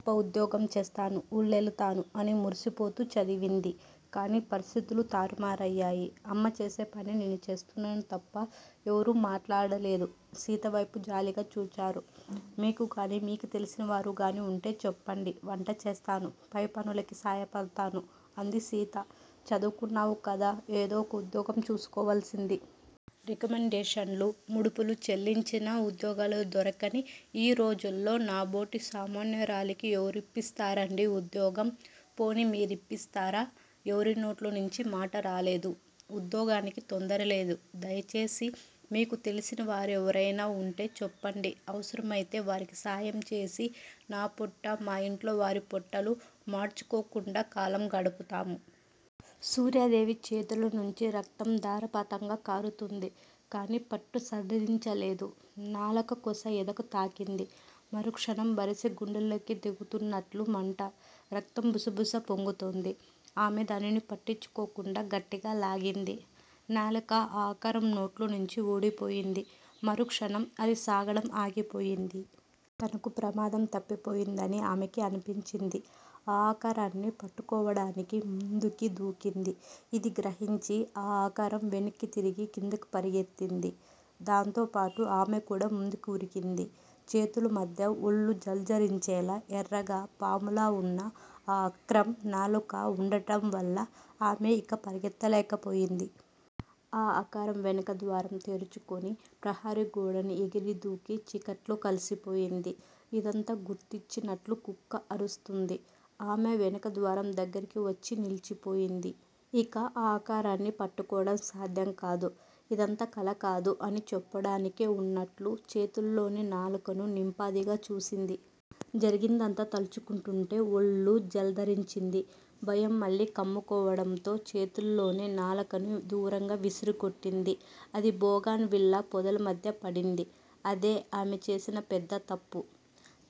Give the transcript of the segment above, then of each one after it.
గొప్ప ఉద్యోగం చేస్తాను. ఊళ్ళేలతాను అని మురిసిపోతూ చదివించింది. కాని పరిస్థితులు తారుమారయ్యాయి. అమ్మచేసేపని నేను చేస్తున్నాను తప్పా? ఎవరూ మాట్లాడలేదు. సీతవైపు జాలిగా చూచారు. మీకుగాని, మీకు తెలిసినవారుగాని వుంటే చెప్పండి. వంట చేస్తాను. వైపనులకి సాయపదతాను. అంది సీత. చదువుకున్నావుకదా, ఏదో ఒక ఉద్యోగం చూసుకావాల్సింది. రికమండేషన్లు, ముడుపులు చెల్లించినా ఉద్యోగాలు దొరకని ఈ రోజుల్లో నాబోటి సామన్యురాలికి ఎవరిప్పిస్తారండీ ఉద్యోగం? పోనీ మీ రిప్పిస్తారా? ఎవరినోట్లోంచి మాట రాలేదు. ఉద్యోగానికి తొందరలేదు. దయచేసి మీకు తెలిసినవారెవరయినా వుంటే చెప్పండి. అవసరమయితే వారికి సాయంచేసి నాపోట్ట, మా ఇంట్లో వారి పొట్టలు, మాడ్చుకోకుండా కాలం గడుపుతాము. సూర్యాదేవి చేతుల నుంచి రక్తం ధారాపాతంగా కారుతోంది. కానీ పట్టు సడలించలేదు. నాలుక కొస ఎదకు తాకింది. మరుక్షణం బరిసె గుండెల్లోకి దిగుతున్నట్లు మంట రక్తం బుసబుసా పొంగుతోంది. ఆమె దానిని పట్టించుకోకుండా గట్టిగా లాగింది. నాలుక ఆ ఆకారం నోట్లోంచి పూడిపోయింది. మరుక్షణం అది సాగడం ఆగిపోయింది. తనకు ప్రమాదం తప్పిపోయిందని ఆమెకి అనిపించింది. ఆ ఆకారాన్ని పట్టుకోవడానికి ముందుకి దూకింది. ఇది గ్రహించి ఆ ఆకారం వెనక్కు తిరిగి కిందకు పరుగెత్తింది. దాంతో పాటు ఆమె కూడా ముందుకు వురికింది. చేతులమధ్య ఒళ్ళు జలదరించేలా ఎర్రగా, పాములా వున్న ఆ ఆక్రం నాలుక వుండడం వల్ల ఆమె ఇక పరుగెత్తలేక పోయింది. ఆ ఆకారం వెనక ద్వారం తెరుచుకుని ప్రహరీ గోడను ఎగిరి దూకి చీకట్లో కలిసిపోయింది. ఇదంతా గుర్తించినట్లు కుక్క అరుస్తోంది. ఆమె వెనక ద్వారం దగ్గరికి వచ్చి నిలిచిపోయింది. ఇక ఆ ఆకారాన్ని పట్టుకోవడం సాధ్యం కాదు. ఇదంతా కలకాదు అని చెప్పడానికే వున్నట్లు చేతుల్లోని నాలుకను నింపాదిగా చూసింది. జరిగిందంతా తలుచుకుంటుంటే ఒళ్ళు జలదరించింది. భయం మళ్ళీ కమ్ముకోవడంతో చేతుల్లోని నాలుకను దూరంగా విరిసికొట్టింది. అది బోగన్ విల్లా పొదల మధ్య పడింది. అదే ఆమె చేసిన పెద్ద తప్పు.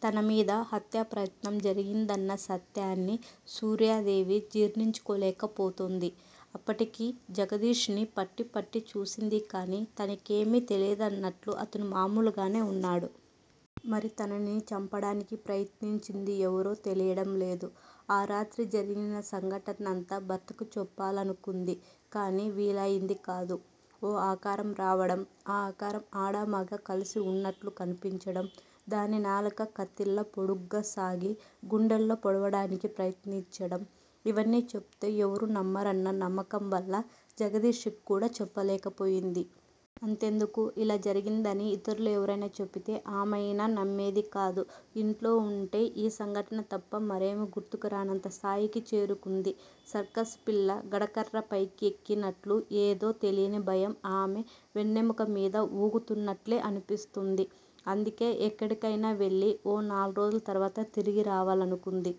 తనమీద హత్యాప్రయత్నం జరిగిందన్న సత్యాన్ని సూర్యాదేవి జీర్ణించుకోలేక పోతోంది. అప్పటికీ జగదీష్ ని పట్టి పట్టి చూసిందిగానీ తనకేమీ తెలియదన్నట్లు అతను మామూలుగానే వున్నాడు. మరి తనను చంపడానికి ప్రయత్నించింది ఎవరో తెలియడం లేదు. ఆ రాత్రి జరిగిన సంఘటనంతా భర్తకు చెప్పాలనుకుంది గానీ వీలయింది కాదు. ఓ ఆకారం రావడం, ఆ ఆకారం ఆడా మగా కలిసి వున్నట్లు కనిపించడం, దాని నాలుక కత్తిలా పొడుగ్గా సాగి, గుండెల్లో పొడవడానికి ప్రయత్నించడం- ఇవన్నీ చెబితే ఎవరూ నమ్మరన్న నమ్మకంవల్ల జగదీష్ కి కూడా చెప్పలేకపోయింది. అంతెందుకు- ఇలా జరిగిందని ఇతరులెవరైనా చెబితే ఆమైనా నమ్మేది కాదు. ఇంట్లో వుంటే యీ సంఘటన తప్ప మరేమీ గుర్తుకు రానంత స్థాయికి చేరుకుంది. సర్కసు పిల్ల గడకర్రపైకి ఎక్కినట్లు ఏదో తెలియని భయం ఆమె వెన్నెముక మీద ఎక్కుతున్నట్లే అనిపిస్తోంది. అందుకే ఎక్కడికైనా వెళ్ళి ఓ నాలుగురోజుల తరువాత తిరిగి రావాలనుకుంది.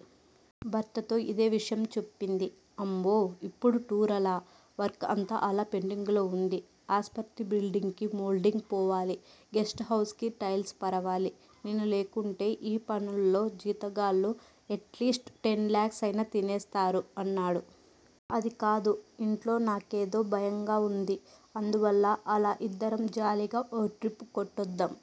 భర్తతో ఇదే విషయం చెప్పింది. అమ్మో! ఇప్పుడు టూర్ లా! వర్క్ అంతా అలా పెండింగ్ లో వుంది. ఆస్పత్రి బిల్డింగ్ కి మోల్దింగ్ పోయాలి, గెస్ట్ హౌస్ కి టైల్స్ పరవాలి. నేను లేకుంటే ఈ పనుల్లో జీతగాళ్ళు ఎట్ లీస్ట్ టెన్ లాక్స్ అయినా తినేస్తారు అన్నాడు. అది కాదు! ఇంట్లో నాకేదో భయంగా వుంది. అందువల్ల అలా ఇద్దరం జాలీగా ఓ ట్రిప్ కొట్టొద్దాం